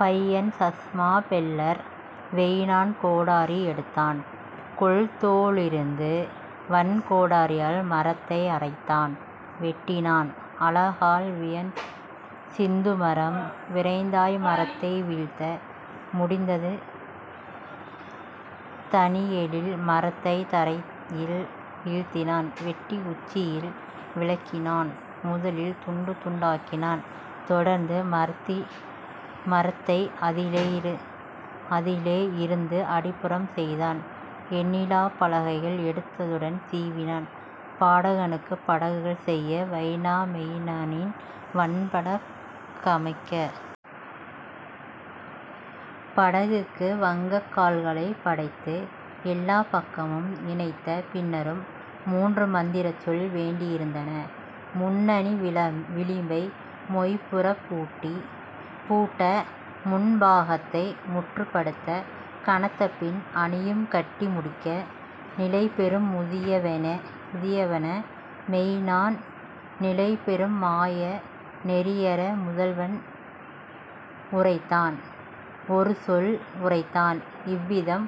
பையன் சம்ஸா பெல்லர் வொயினன் கோடரி எடுத்தான் கொள்தோளிருந்து வன்கோடரியால் மரத்தை அறைந்தான் வெட்டினான் அலகால் வியன்சிந்துரமரம் விரைவாய் மரத்தை வீழ்த்த முடிந்தது தனியெழில் மரத்தைத் தரையில் வீழ்த்தினான். வெட்டி உச்சியை விலக்கினான் முதலில் துண்டுதுண்டாக்கினான் தொடர்ந்தடி மரத்தை அதிலே யிருந்து அடிப்புறம் செய்தான் எண்ணிலாப் பலகைகள் எடுத்துடன் சீவினான் பாடகனுக்குப் படகுகள் செய்ய வைனா மொயினனின் வன்பட கமைக்க. படகுக்கு வங்கக் கால்களைப் படைத்து எல்லாப் பக்கமும் இணைத்த பின்னரும் மூன்றுமந்திரச்சொல் வேண்டியிருந்தன முன்னணி விளிம்பை மொய்ம்புறப் பூட்ட முன்பாகத்தை முற்றுப்படுத்த கனத்தபின் அணியம் கட்டி முடிக்க. நிலைபெறும் முதிய வைனா மொயினன் நிலைபெறும் மாய நெறியறி முதல்வன் உரைத்தான் ஒருசொல் உரைத்தான் இவ்விதம்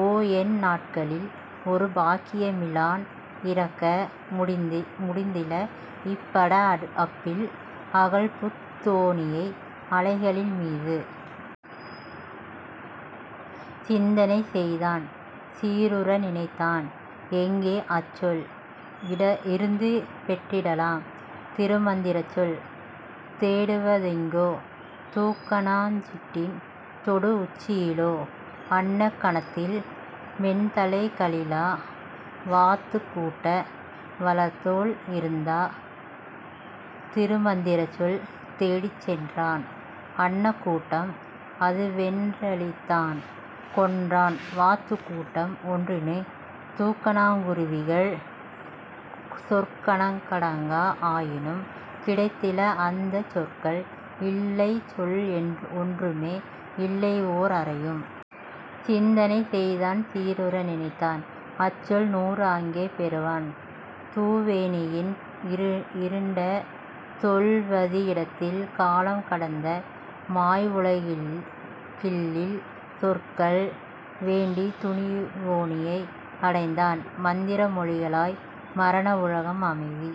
ஓ என் நாட்களில் ஒருபாக்கியமிலான் இறக்க முடிந்தில இப்பட அப்பில் அகல்புதுத் தோணியை அலைகளின் மீது. சிந்தனை செய்தான் சீருற நினைத்தான் எங்கே அச்சொல் இருந்துபெற்றிடலாம் திருமந்திரச்சொல் தேடுவதெங்கே தூக்கணஞ் சிட்டின் தொடுஉச்சியிலா அன்னக் கணத்தின் மென்தலை களிலா வாத்துக் கூட்ட வளர்தோள் இருந்தா? திருமந்திரச்சொல் தேடிச் சென்றான் அன்னக் கூட்டம் அதுவொன்றழித்தான் கொன்றான் வாத்துக் கூட்டம் ஒன்றினை தூக்கணங் குருவிகள் சொற்கணக்கடங்கா ஆயினும் கிடைத்தில அந்தச் சொற்கள் இல்லைசொல் ஒன்றுமே இல்லைஓர் அரையும். சிந்தனை செய்தான் சீருற நினைத்தான் அச்சொல் நூறு அங்கே பெறுவேன் துவோனியின் இருண்ட தொல்வதி விடத்தில் காலம்கடந்த மாய்வுலகில்லில். சொற்கள் வேண்டித் துவோனியை அடைந்தான் மந்திர மொழிக்காய் மரண உலகம் அமைதி